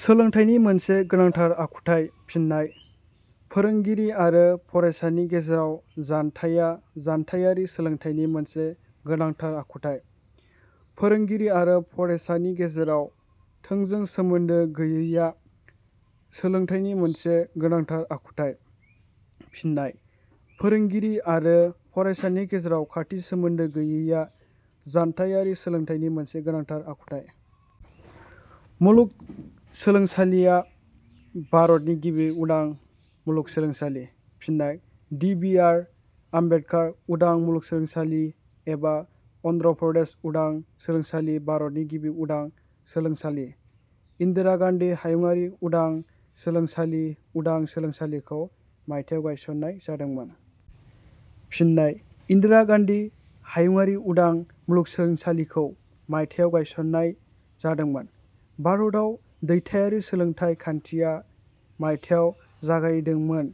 सोलोंथाइनि मोनसे गोनांथार आखुथाइ। फिन्नाय: फोरोंगिरि आरो फरायसानि गेजेराव जानथाइया जानथाइयारि सोलोंथाइनि मोनसे गोनांथार आखुथाइ।. फोरोंगिरि आरो फरायसानि गेजेराव थोंजों सोमोन्दो गोयैया…….. सोलोंथाइनि मोनसे गोनांथार आखुथाइ। फिन्नाय: फोरोंगिरि आरो फरायसानि गेजेराव खाथि सोमोन्द गोयैया जानथाइयारि सोलोंथाइनि मोनसे गोनांथार आखुथाइ।.……. मुलुगसोलोंसालिया भारतनि गिबि उदां मुलुगसोलोंसालि। फिन्नाय: ड बि. आर. आम्बेदकार उदां मुलुगसोलोंसालि एबा अन्ध्र प्रदेश उदां मुलुगसोलोंसालि भारतनि गिबि उदां मुलुगसोलोंसालि।: इन्दिरा गान्धी हायुंङारि उदां मुलुगसोलोंसालि उदां मुलुगसोलोंसालिखौ……. मायथाइयाव गायसननाय जादोंमोन। फिन्नाय: इन्दिरा गान्धी हायुंङारि उदां मुलुगसोलोंसालिखौ मायथाइयाव गायसंनाय जादोंमोन।. भारताव दैथाइयारि सोलोंथाइ खान्थिया……… मायथाइयाव जागायजेदोंमोन।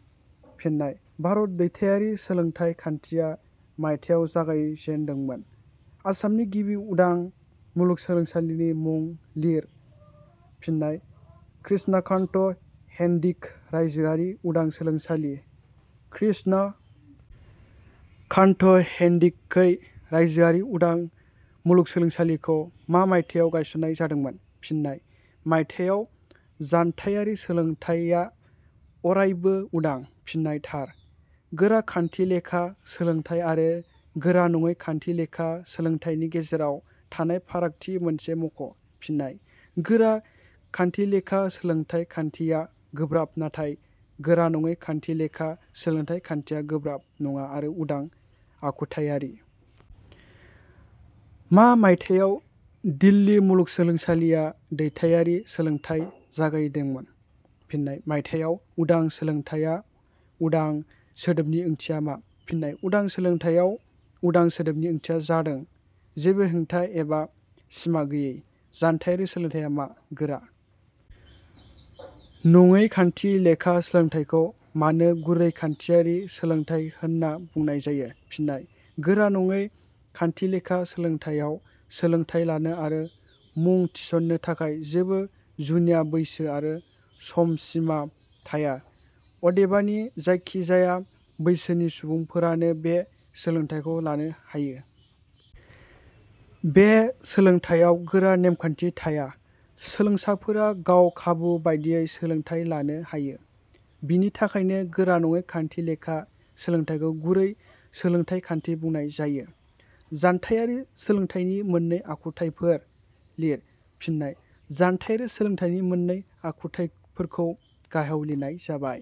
फिन्नाय: भारताव दैथाइयारि सोलोंथाइ खान्थिया मायथाइयाव जागायजेदोंमोन।. आसामनि गिबि उदां मुलुगसोलोंसालिनि मुंखौ लिर। फिन्नाय: कृष्णाकान्त हेनदिक राज्योआरि उदां मुलुगसोलोंसालि।.कृष्णा कान्ट हेनदिकै राज्योआरि उदां मुलुगसोलोंसालिखौ मा मायथाइयाव गायसननाय जादोंमोन? फिन्नाय: मायथाइयाव।. जानथाइयारि सोलोंथाइया अरायबो उदां। फिन्नाय: थार।. गोरा खान्थिलेखा सोलोंथाइ आरो गोरा नङै खान्थिलेखा सोलोंथाइनि गेजेराव थानाय फारागथि मोनसे मख'। फिन्नाय: गोरा खान्थिलेखा सोलोंथाइ खान्थिया गोब्राब, नाथाय गोरा नङै खान्थिलेखा सोलोंथाइ खान्थिया गोब्राब नङा आरो उदां आखुथाइयारि।. मा मायथाइयाव दिल्ली मुलुगसोलोंसालिया दैथाइयारि सोलोंथाइखौ जागायजेनदोंमोन? फिन्नाय: मायथाइयाव।. उदां सोलोंथाइयाव 'उदां '' सोदोबनि ओंथिया मा? फिन्नाय: उदां सोलोंथाइयाव ' उदां ' सोदोबनि ओंथिया जादों जेबो हेंथा एबा सिमा गोयै।. जानथाइयारि सोलोंथाइया मा?.गोरा नङै खान्थि लेखा सोलोंथाइखौ मानो गुरै खान्थिआरि सोलोंथाइ होनना बुंनाय जायो? फिन्नाय: गोरा नङै खान्थिलेखा सोलोंथाइयाव सोलोंथाइ लानो आरो मुं थिसननो थाखाय जेबो जुनिया बैसो आरो सम सिमा थाया। अदेबानि जायखिजाया बैसोनि सुबुंफोरानो बे सोलोंथाइखौ लानो हायो। बे सोलोंथाइयाव गोरा नेमखान्थि थाया, सोलोंसाफोरा गाव खाबु बादियै सोलोंथाइ लानो हायो। बेनि थाखायनो गोरा नङै खान्थिलेखा सोलोंथाइखौ गुरै सोलोंथाइ खान्थि बुंनाय जायो।. जानथाइयारि सोलोंथाइनि मोननै आखुथाइफोर लिर। फिन्नाय: जानथाइयारि सोलोंथाइनि मोननै आखुथाइफोरखौ गाहायाव लिरनाय जाबाय:.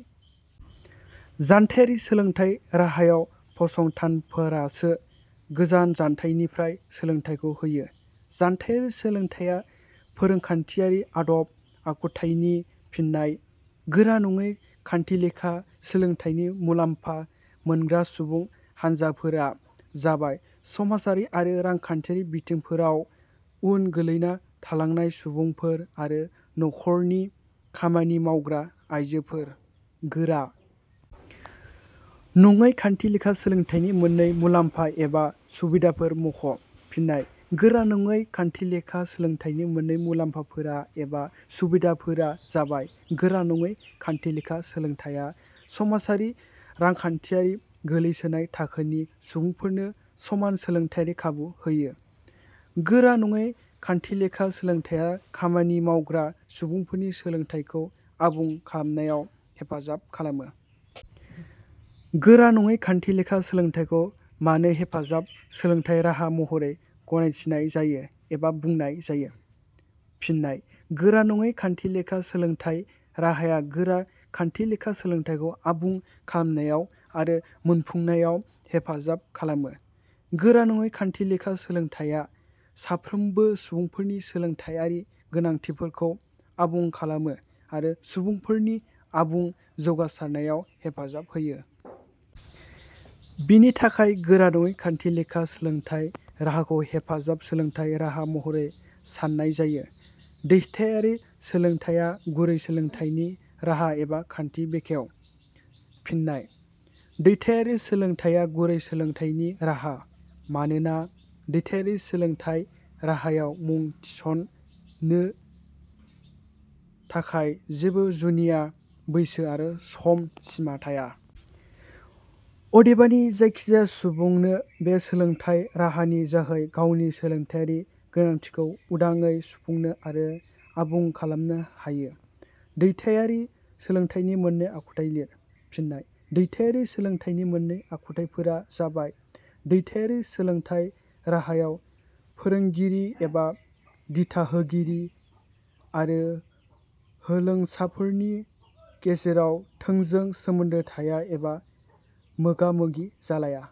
जानथायारि सोलोंथाइ राहायाव फसंथानफोरासो गोजान जानथाइनिफ्राय सोलोंथाइखौ होयो।. जानथाइयारि सोलोंथाइया फोरजाखान्थियारि आदब आखुथाइनि। फिन्नाय:गोरा नङै खान्थिलेखा सोलोंथाइनिफ्राय मुलाम्फा मोनग्रा सुबुं हानजाफोरा जाबाय: समाजारि आरो रांखान्थियारि बिथिंफोराव उन गोलैना थालांनाय सुबुंफोर आरो. नखर 'रनि खामानि मावग्रा आइजोफोर।.गोरा नङै खान्थिलेखा सोलोंथाइनि मोननै मुलाम्फा एबा सुबिधाफोर मख'-। फिन्नाय: गोरा नङै खान्थिलेखा सोलोंथाइनि मोननै मुलाम्फाफोरा एबा सुबिधाफोरा जाबाय: गोरा नङै खान्थिलेखा सोलोंथाइया समाजारि रांखान्थियारियै गोग्लैसोनाय थाखोनि सुबुंफोरनो समान सोलोंथाइयारि खाबु होयो। गोरा नङै खान्थिलेखा सोलोंथाइया खामानि मावग्रा सुबुंफोरनि सोलोंथाइखौ आबुं खालामनायाव हेफाजाब खालामो।. गोरा नङै खान्थिलेखा सोलोंथाइखौ मानो हेफाजाब सोलोंथाइ राहा महरै गनायथिनाय जायो एबा बुंनाय जायो? फिन्नाय: गोरा नङै खान्थिलेखा सोलोंथाइ राहाया गोरा खान्थिलेखा सोलोंथाइखौ आबुं खालामनायाव आरो मोनफुंनायाव हेफाजाब खालामो। गोरा नङै खान्थिलेखा सोलोंथाइया साफ्रोमबो सुबुंफोरनि सोलोंथाइयारि गोनांथिफोरखौ आबुं खालामो आरो सुबुंफोरनि आबुं जौगासारनायाव हेफाजाब होयो। बेनि थाखायनो गोरा नङै खान्थिलेखा सोलोंथाइ राहाखौ हेफाजाब सोलोंथाइ राहा महरै साननाय जायो।. ' दैथाइयारि सोलोंथाइया गुरै सोलोंथाइनि राहा एबा खान्थि 'बेखेव –। फिन्नाय: दैथाइयारि सोलोंथाइया गुरै सोलोंथाइनि राहा, मानोना, दैथाइयारि सोलोंथाइ राहायाव मुं थिस 'ननो थाखाय जेबो जुनिया बैसो आरो सम सिमा थाया। अदेबानि जायखिजाया सुबुङानो बे सोलोंथाइ राहानि जोहै गावनि सोलोंथाइयारि गोनांथिखौ उदाङै सुफुंनो आरो आबुं खालामनो हायो।. दैथाइयारि सोलोंथाइनि मोननै आखुथाइफोर लिर। फिन्नाय: दैथाइयारि सोलोंथाइनि मोननै आखुथाइफोरा जाबाय:. दैथाइयारि सोलोंथाइ राहायाव फोरोंगिरि एबा दिथाहोगिरि आरो होलोंसाफोरनि गेजेराव थोंजों सोमोन्दो थाया एबा मोगा मोगि जालाया।